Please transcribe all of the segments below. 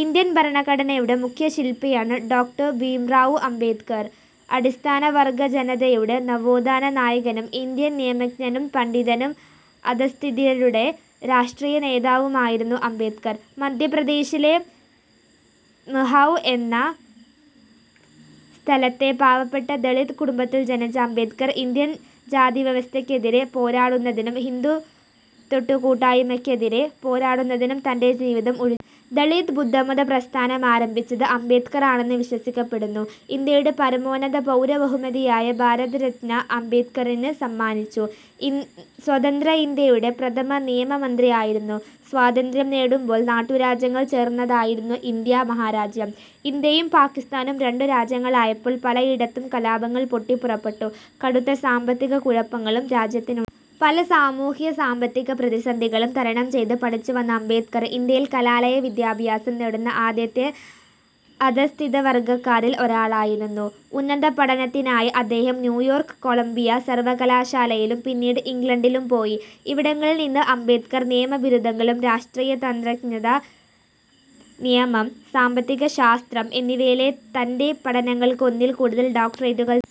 Indian ഭരണഘടനയുടെ മുഖ്യ ശില്പിയാണ് ഡോ. ഭീംറാവു അംബേഡ്കർ. അടിസ്ഥാനവർഗ്ഗ ജനതയുടെ നവോത്ഥാന നായകനും ഇന്ത്യൻ നിയമജ്ഞനും പണ്ഡിതനും അധഃസ്ഥിതരുടെ രാഷ്ട്രീയ നേതാവുമായിരുന്നു അംബേഡ്കർ. മധ്യപ്രദേശിലെ മ്ഹൌ എന്ന സ്ഥലത്തെ പാവപ്പെട്ട ദളിത് കുടുംബത്തിൽ ജനിച്ച അംബേഡ്കർ ഇന്ത്യൻ ജാതിവ്യവസ്ഥയ്ക്ക് എതിരേ പോരാടുന്നതിനും ഹിന്ദു തൊടുകൂടായ്മയ്ക്ക് എതിരേ പോരാടുന്നതിനും തന്റെ ജീവിതം ഉഴിഞ്ഞുവെച്ചു. ദളിത് ബുദ്ധമത പ്രസ്ഥാനം ആരംഭിച്ചത് അംബേഡ്കർ ആണെന്ന് വിശ്വസിക്കപ്പെടുന്നു. ഇന്ത്യയുടെ പരമോന്നത പൗരബഹുമതിയായ ഭാരതരത്ന അംബേഡ്കറിന് സമ്മാനിച്ചു. സ്വതന്ത്ര ഇന്ത്യയുടെ പ്രഥമ നിയമമന്ത്രിയായിരുന്നു. സ്വാതന്ത്ര്യം നേടുമ്പോൾ നാട്ടുരാജ്യങ്ങൾ ചേർന്നതായിരുന്നു ഇന്ത്യാ മഹാരാജ്യം. ഇന്ത്യയും പാകിസ്താനും രണ്ടു രാജ്യങ്ങളായപ്പോൾ പലയിടത്തും കലാപങ്ങൾ പൊട്ടിപ്പുറപ്പെട്ടു. കടുത്ത സാമ്പത്തിക കുഴപ്പങ്ങളും രാജ്യത്തിനുണ്ടായി. പല സാമൂഹിക സാമ്പത്തിക പ്രതിസന്ധികളും തരണം ചെയ്ത് പഠിച്ചുവന്ന അംബേഡ്കർ ഇന്ത്യയിൽ കലാലയ വിദ്യാഭ്യാസം നേടുന്ന ആദ്യത്തെ അധഃസ്ഥിതവർഗ്ഗക്കാരിൽ ഒരാളായിരുന്നു. ഉന്നതപഠനത്തിനായി അദ്ദേഹം ന്യൂയോർക്ക് കൊളംബിയ സർവ്വകലാശാലയിലും പിന്നീട് ഇംഗ്ലണ്ടിലും പോയി. ഇവിടങ്ങളിൽ നിന്ന് അംബേഡ്കർ നിയമബിരുദങ്ങളും രാഷ്ട്രതന്ത്രജ്ഞത, നിയമം, സാമ്പത്തികശാസ്ത്രം എന്നിവയിലെ തന്റെ പഠനങ്ങൾക്ക് ഒന്നിൽ കൂടുതൽ ഡോക്ടറേറ്റുകളും നേടി.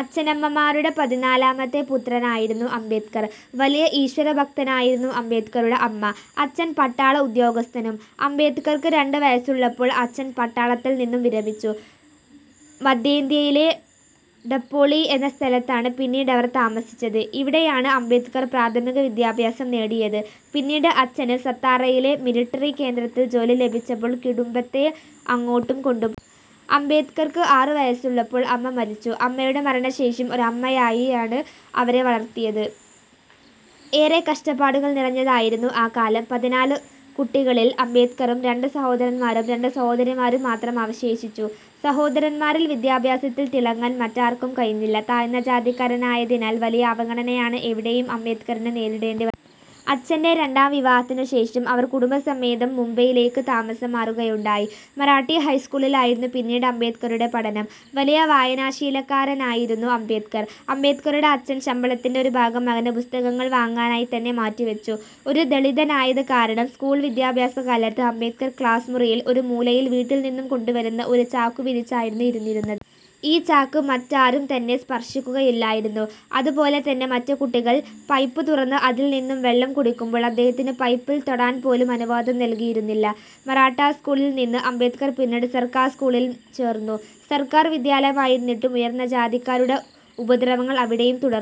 അചഛനമ്മമാരുടെ പതിനാലാമത്തെ പുത്രനായിരുന്നു അംബേദ്കർ. വലിയ ഈശ്വരഭക്തയായിരുന്നു അംബേദ്കറുടെ അമ്മ. അച്ഛൻ പട്ടാള ഉദ്യോഗസ്ഥനും. അംബേദ്കർക്ക് രണ്ടു വയസ്സുള്ളപ്പോൾ അച്ഛൻ പട്ടാളത്തിൽ നിന്നും വിരമിച്ചു. മധ്യേന്ത്യയിലെ ഡപ്പോളി എന്ന സ്ഥലത്താണ് പിന്നീടവർ താമസിച്ചത്. ഇവിടെയാണ് അംബേദ്കർ പ്രാഥമിക വിദ്യാഭ്യാസം നേടിയത്. പിന്നീട് അച്ഛന് സത്താറയിലെ മിലിട്ടറി കേന്ദ്രത്തിൽ ജോലി ലഭിച്ചപ്പോൾ കുടുംബത്തെ അങ്ങോട്ടു കൊണ്ടുപോയി. അംബേദ്കർക്ക് ആറു വയസ്സുള്ളപ്പോൾ അമ്മ മരിച്ചു. അമ്മയുടെ മരണശേഷം ഒരു അമ്മായിയാണ് അവരെ വളർത്തിയത്. ഏറെ കഷ്ട്ടപ്പാടുകൾ നിറഞ്ഞതായിരുന്നു ആ കാലം. പതിനാല് കുട്ടികളിൽ അംബേദ്കറും രണ്ടു സഹോദരന്മാരും രണ്ടു സഹോദരിമാരും മാത്രം അവശേഷിച്ചു. സഹോദരന്മാരിൽ വിദ്യാഭ്യാസത്തിൽ തിളങ്ങാൻ മറ്റാർക്കും കഴിഞ്ഞില്ല. താഴ്ന്ന ജാതിക്കാരനായതിനാൽ വലിയ അവഗണനയാണ് എവിടെയും അംബേദ്കറിന് നേരിടേണ്ടി വന്നത്. അച്ഛന്റെ രണ്ടാം വിവാഹത്തിനു ശേഷം അവർ കുടുംബസമേതം മുംബൈയിലേക്ക് താമസം മാറുകയുണ്ടായി. മറാഠി ഹൈസ്ക്കൂളിലായിരുന്നു പിന്നീട് അംബേദ്കറുടെ പഠനം. വലിയ വായനാശീലക്കാരനായിരുന്നു അംബേദ്ക്കർ. അംബേദ്ക്കറുടെ അച്ഛൻ ശമ്പളത്തിന്റെ ഒരു ഭാഗം മകന് പുസ്തകങ്ങൾ വാങ്ങാനായി തന്നെ മാറ്റി വച്ചു. ഒരു ദളിതനായത് കാരണം സ്ക്കൂൾ വിദ്യഭ്യാസ കാലത്ത് അംബേദ്ക്കർ ക്ലാസ്മുറിയുടെ ഒരു മൂലയിൽ വീട്ടിൽ നിന്നു കൊണ്ടുവരുന്ന ഒരു ചാക്കു വിരിച്ചായിരിന്നു ഇരുന്നിരുന്നത്. ഈ ചാക്ക് മറ്റാരും തന്നെ സ്പർശിക്കുകയില്ലായിരുന്നു. അത് പോലെ തന്നെ മറ്റ് കുട്ടികൾ പൈപ്പ് തുറന്ന് അതിൽ നിന്ന് വെള്ളം കുടിക്കുമ്പോൾ അദ്ദേഹത്തിനു പൈപ്പിൽ തൊടാൻ പോലും അനുവാദം നൽകിയിരുന്നില്ല. മറാഠാ സ്ക്കൂളിൽ നിന്ന് അംബേദ്കർ പിന്നീട് സർക്കാർ സ്കൂളിൽ ചേർന്നു. സർക്കാർ വിദ്യാലയമായിരുന്നിട്ടും ഉയർന്ന ജാതിക്കാരുടെ ഉപദ്രവങ്ങൾ അവിടെയും തുടർന്നു.